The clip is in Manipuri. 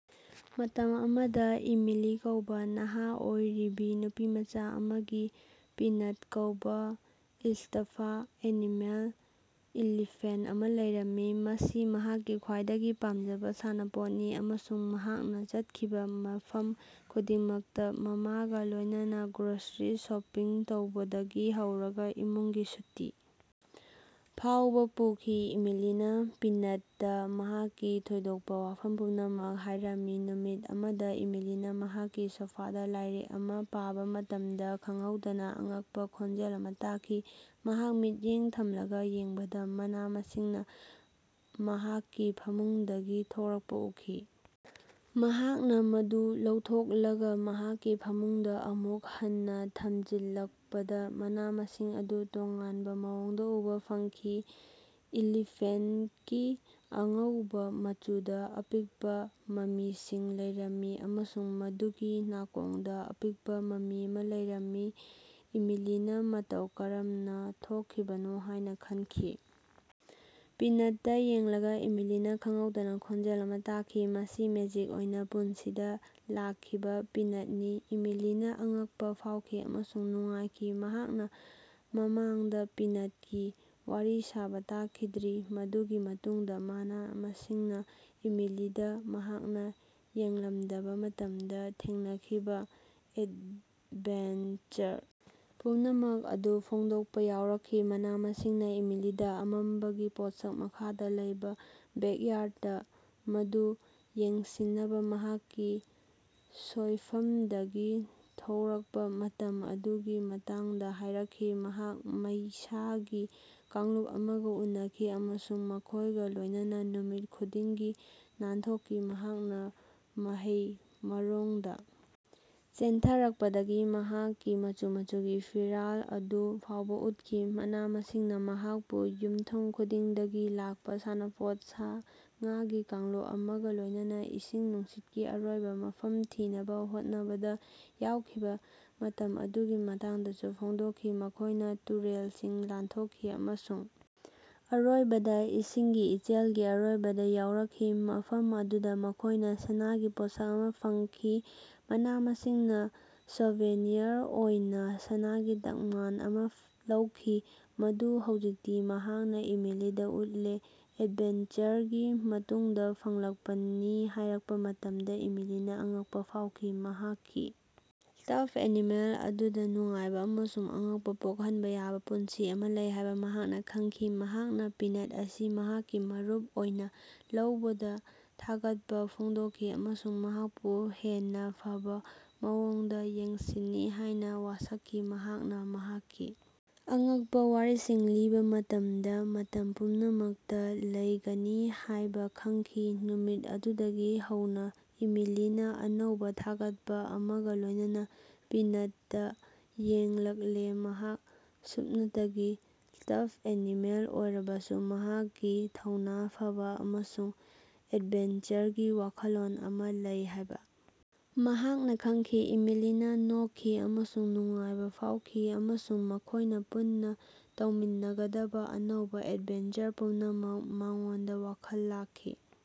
ꯃꯇꯝ ꯑꯃꯗ ꯏꯃꯤꯂꯤ ꯀꯧꯕꯥ ꯅꯍꯥ ꯑꯣꯏꯔꯤꯕꯤ ꯅꯨꯄꯤꯃꯆꯥ ꯑꯃꯒꯤ ꯄꯤꯅꯠ ꯀꯧꯕ ꯏꯁꯇꯐ ꯑꯦꯅꯤꯃꯦꯜ ꯏꯂꯤꯐꯦꯟꯇ ꯑꯃ ꯂꯩꯔꯝꯃꯤ꯫ ꯃꯁꯤ ꯃꯍꯥꯛꯀꯤ ꯈ꯭ꯋꯥꯏꯗꯒꯤ ꯄꯥꯝꯖꯕ ꯁꯥꯟꯅꯄꯣꯠꯅꯤ ꯑꯃꯁꯨꯡ ꯃꯍꯥꯛꯅ ꯆꯠꯈꯤꯕꯥ ꯃꯐꯝ ꯈꯨꯗꯤꯡꯃꯛꯇ ,ꯃꯃꯥꯒ ꯂꯣꯏꯅꯅ ꯒ꯭ꯔꯣꯁꯔꯤ ꯁꯣꯄꯤꯡ ꯇꯧꯕꯗꯒꯤ ꯍꯧꯔꯒꯥ ꯏꯃꯨꯡꯒꯤ ꯁꯨꯇꯤ ꯐꯥꯎꯕ ꯄꯨꯈꯤ꯫ ꯏꯃꯤꯂꯤꯅꯥ ꯄꯤꯅꯠꯇ ꯃꯍꯥꯛꯀꯤ ꯊꯣꯏꯗꯣꯛꯄ ꯋꯥꯐꯝ ꯄꯨꯝꯅꯃꯛ ꯍꯥꯏꯔꯝꯃꯤ ꯫ ꯅꯨꯃꯤꯠ ꯑꯃꯗꯥ ꯏꯃꯤꯂꯤꯅ ꯃꯍꯥꯛꯀꯤ ꯁꯣꯐꯥꯗ ꯂꯥꯏꯔꯤꯛ ꯑꯃ ꯄꯥꯕ ꯃꯇꯝꯗ ꯈꯪꯍꯧꯗꯅ ꯑꯉꯛꯄ ꯈꯣꯟꯖꯦꯜ ꯑꯃ ꯇꯥꯈꯤ꯫ ꯃꯍꯥꯛ ꯃꯤꯠꯌꯦꯡ ꯊꯝꯂꯒ ꯌꯦꯡꯕꯗꯥ ꯃꯅꯥ-ꯃꯁꯤꯡꯅꯥ ꯃꯍꯥꯛꯀꯤ ꯐꯃꯨꯡꯗꯒꯤ ꯊꯣꯔꯛꯄ ꯎꯈꯤ꯫ ꯃꯍꯥꯛꯅ ꯃꯗꯨ ꯂꯧꯊꯣꯛꯂꯒ ꯃꯍꯥꯛꯀꯤ ꯐꯃꯨꯡꯗ ꯑꯃꯨꯛ ꯍꯟꯅ ꯊꯝꯖꯤꯜꯂꯛꯄꯗ ꯃꯅꯥ-ꯃꯁꯤꯡ ꯑꯗꯨ ꯇꯣꯉꯥꯟꯕ ꯃꯑꯣꯡꯗ ꯎꯕ ꯐꯪꯈꯤ꯫ ꯏꯂꯤꯐꯦꯟꯇꯀꯤ ꯑꯉꯧꯕ ꯃꯆꯨꯗ ꯑꯄꯤꯛꯄ ꯃꯃꯤꯁꯤꯡ ꯂꯩꯔꯝꯃꯤ ꯑꯃꯁꯨꯡ ꯃꯗꯨꯒꯤ ꯅꯥꯀꯣꯡꯗ ꯑꯄꯤꯛꯄ ꯃꯃꯤ ꯑꯃ ꯂꯩꯔꯝꯃꯤ꯫ ꯏꯃꯤꯂꯤꯅ ꯃꯇꯧ ꯀꯔꯝꯅ ꯊꯣꯛꯈꯤꯕꯅꯣ ꯍꯥꯏꯅ ꯈꯟꯈꯤ꯫ ꯄꯤꯅꯠꯇ ꯌꯦꯡꯂꯒ ꯏꯃꯤꯂꯤꯅ ꯈꯪꯍꯧꯗꯅ ꯈꯣꯟꯖꯦꯜ ꯑꯃ ꯇꯥꯈꯤ꯫ ꯃꯁꯤ ꯃꯦꯖꯤꯛ ꯑꯣꯏꯅ ꯄꯨꯟꯁꯤꯗ ꯂꯥꯛꯈꯤꯕ ꯄꯤꯅꯠꯅꯤ꯫ ꯏꯃꯤꯂꯤꯅꯥ ꯑꯉꯛꯄ ꯐꯥꯎꯈꯤ ꯑꯃꯁꯨꯡ ꯅꯨꯡꯉꯥꯏꯈꯤ; ꯃꯍꯥꯛꯅ ꯃꯃꯥꯡꯗ ꯄꯤꯅꯠꯀꯤ ꯋꯥꯔꯤ ꯁꯥꯕꯥ ꯇꯥꯈꯤꯗ꯭ꯔꯤ꯫ ꯃꯗꯨꯒꯤ ꯃꯇꯨꯡꯗ ꯃꯅꯥ-ꯃꯁꯤꯡꯅ ꯏꯃꯤꯂꯤꯗ ꯃꯍꯥꯛꯅ ꯌꯦꯡꯂꯝꯗꯕ ꯃꯇꯝꯗ ꯊꯦꯡꯅꯈꯤꯕ ꯑꯦꯗꯚꯦꯟꯆꯔ ꯄꯨꯝꯅꯃꯛ ꯑꯗꯨ ꯐꯣꯡꯗꯣꯛꯄ ꯍꯧꯔꯛꯈꯤ꯫ꯃꯅꯥ-ꯃꯁꯤꯡꯅ ꯏꯃꯤꯂꯤꯗꯥ ꯑꯃꯝꯕꯒꯤ ꯄꯣꯠꯁꯛ ꯃꯈꯥꯗ ꯂꯩꯕ ꯕꯦꯛꯌꯥꯔꯗ ꯑꯗꯨ ꯌꯦꯡꯁꯤꯟꯅꯕ ꯃꯍꯥꯛꯀꯤ ꯁꯣꯏꯐꯝꯗꯒꯤ ꯊꯣꯔꯛꯄꯥ ꯃꯇꯝ ꯑꯗꯨꯒꯤ ꯃꯇꯥꯡꯗꯥ ꯍꯥꯏꯔꯛꯈꯤ꯫ ꯃꯍꯥꯛ ꯃꯩꯁꯥꯒꯤ ꯀꯥꯡꯂꯨꯞ ꯑꯃꯒꯥ ꯎꯅꯈꯤ ꯑꯃꯁꯨꯡ ꯃꯈꯣꯏꯒ ꯂꯣꯏꯅꯅ ꯅꯨꯃꯤꯠ ꯈꯨꯗꯤꯡꯒꯤ ꯅꯥꯟꯊꯣꯛꯈꯤ꯫ ꯃꯍꯥꯛꯅꯥ ꯃꯍꯩ ꯃꯔꯣꯡꯗ ꯆꯦꯟꯊꯔꯛꯄꯗꯒꯤ ꯃꯍꯥꯛꯀꯤ ꯃꯆꯨ - ꯃꯆꯨꯒꯤ ꯐꯤꯔꯥꯜ ꯑꯗꯨ ꯐꯥꯎꯕꯥ ꯎꯠꯈꯤ꯫ ꯃꯅꯥ-ꯃꯁꯤꯡꯅ ꯃꯍꯥꯛꯄꯨ ꯌꯨꯝꯊꯣꯡ ꯈꯨꯗꯤꯡꯗꯒꯤ ꯂꯥꯛꯄꯥ ꯁꯥꯟꯅꯄꯣꯠ ꯁꯥ-ꯉꯥꯒꯤ ꯀꯥꯡꯂꯨꯞ ꯑꯃꯒꯥ ꯂꯣꯏꯅꯅ ꯏꯁꯤꯡ ꯅꯨꯡꯁꯤꯠꯀꯤ ꯑꯔꯣꯏꯕ ꯃꯐꯝ ꯊꯤꯅꯕ ꯍꯣꯠꯅꯕꯗ ꯌꯥꯎꯈꯤꯕ ꯃꯇꯝ ꯑꯗꯨꯒꯤ ꯃꯇꯥꯡꯗꯁꯨ ꯐꯣꯡꯗꯣꯛꯈꯤ꯫ꯃꯈꯣꯏꯅꯥ ꯇꯨꯔꯦꯜꯁꯤꯡ ꯂꯥꯟꯊꯣꯛꯈꯤ, ꯑꯃꯁꯨꯡ ꯑꯔꯣꯏꯕꯗ ꯏꯁꯤꯡꯒꯤ ꯏꯆꯦꯜꯒꯤ ꯑꯔꯣꯏꯕꯗꯥ ꯌꯧꯔꯛꯈꯤ, ꯃꯐꯝ ꯑꯗꯨꯗꯥ ꯃꯈꯣꯏꯅ ꯁꯅꯥꯒꯤ ꯄꯣꯠꯁꯛ ꯑꯃ ꯐꯪꯈꯤ꯫ ꯃꯅꯥ-ꯃꯁꯤꯡꯅ ꯁꯣꯚꯦꯅꯤꯌꯔ ꯑꯣꯏꯅ ꯁꯅꯥꯒꯤ ꯇꯛꯃꯥꯟ ꯑꯃꯥ ꯂꯧꯈꯤ, ꯃꯗꯨ ꯍꯧꯖꯤꯛꯇꯤ ꯃꯍꯥꯛꯅ ꯏꯃꯤꯂꯤꯗ ꯎꯠꯂꯦ꯫ ꯑꯦꯗꯚꯦꯟꯆꯔꯒꯤ ꯃꯇꯨꯡꯗꯥ ꯐꯪꯂꯛꯄꯅꯤ ꯍꯥꯏꯔꯛꯄ ꯃꯇꯝꯗ ꯏꯃꯤꯂꯤꯅ ꯑꯉꯛꯄ ꯐꯥꯎꯈꯤ꯫ ꯃꯍꯥꯛꯀꯤ ꯁ꯭ꯇꯐ ꯑꯦꯅꯤꯃꯦꯜ ꯑꯗꯨꯗ ꯅꯨꯡꯉꯥꯏꯕ ꯑꯃꯁꯨꯡ ꯑꯉꯛꯄꯥ ꯄꯣꯛꯍꯟꯕ ꯌꯥꯕ ꯄꯨꯟꯁꯤ ꯑꯃ ꯂꯩ ꯍꯥꯏꯕ ꯃꯍꯥꯛꯅ ꯈꯪꯈꯤ꯫ ꯃꯍꯥꯛꯅ ꯄꯤꯅꯠ ꯑꯁꯤ ꯃꯍꯥꯛꯀꯤ ꯃꯔꯨꯞ ꯑꯣꯏꯅ ꯂꯧꯕꯗ ꯊꯥꯒꯠꯄ ꯐꯣꯡꯗꯣꯛꯈꯤ ꯑꯃꯁꯨꯡ ꯃꯍꯥꯛꯄꯨ ꯍꯦꯟꯅꯥ ꯐꯕꯥ ꯃꯑꯣꯡꯗꯥ ꯌꯦꯡꯁꯤꯟꯅꯤ ꯍꯥꯏꯅ ꯋꯥꯁꯛꯈꯤ, ꯃꯍꯥꯛꯅ ꯃꯍꯥꯛꯀꯤ ꯑꯉꯛꯄꯥ ꯋꯥꯔꯤꯁꯤꯡ ꯂꯤꯕꯥ ꯃꯇꯝꯗ ꯃꯇꯝ ꯄꯨꯝꯅꯃꯛꯇꯥ ꯂꯩꯒꯅꯤ ꯍꯥꯏꯕ ꯈꯪꯈꯤ꯫ ꯅꯨꯃꯤꯠ ꯑꯗꯨꯗꯒꯤ ꯍꯧꯅ ꯏꯃꯤꯂꯤꯅ ꯑꯅꯧꯕ ꯊꯥꯒꯠꯄ ꯑꯃꯒ ꯂꯣꯏꯅꯅ ꯄꯤꯅꯠꯗ ꯌꯦꯡꯂꯛꯂꯦ꯫ ꯃꯍꯥꯛ ꯁꯨꯞꯅꯇꯒꯤ ꯁ꯭ꯇꯐ ꯑꯦꯅꯤꯃꯦꯜ ꯑꯣꯏꯔꯕꯁꯨ ꯃꯍꯥꯛꯀꯤ ꯊꯧꯅꯥ ꯐꯕ ꯑꯃꯁꯨꯡ ꯑꯦꯗꯚꯦꯟꯆꯔꯒꯤ ꯋꯥꯈꯜꯂꯣꯟ ꯑꯃ ꯂꯩ ꯍꯥꯏꯕ ꯃꯍꯥꯛꯅ ꯈꯪꯈꯤ꯫ ꯏꯃꯤꯂꯤꯅ ꯅꯣꯛꯈꯤ ꯑꯃꯁꯨꯡ ꯅꯨꯡꯉꯥꯏꯕ ꯐꯥꯎꯈꯤ ꯑꯃꯁꯨꯡ ꯃꯈꯣꯏꯅ ꯄꯨꯟꯅ ꯇꯧꯃꯤꯟꯅꯒꯗꯕ ꯑꯅꯧꯕ ꯑꯦꯗꯚꯦꯟꯆꯔ ꯄꯨꯝꯅꯃꯛ ꯃꯉꯣꯟꯗ ꯋꯥꯈꯜ ꯂꯥꯛꯈꯤ꯫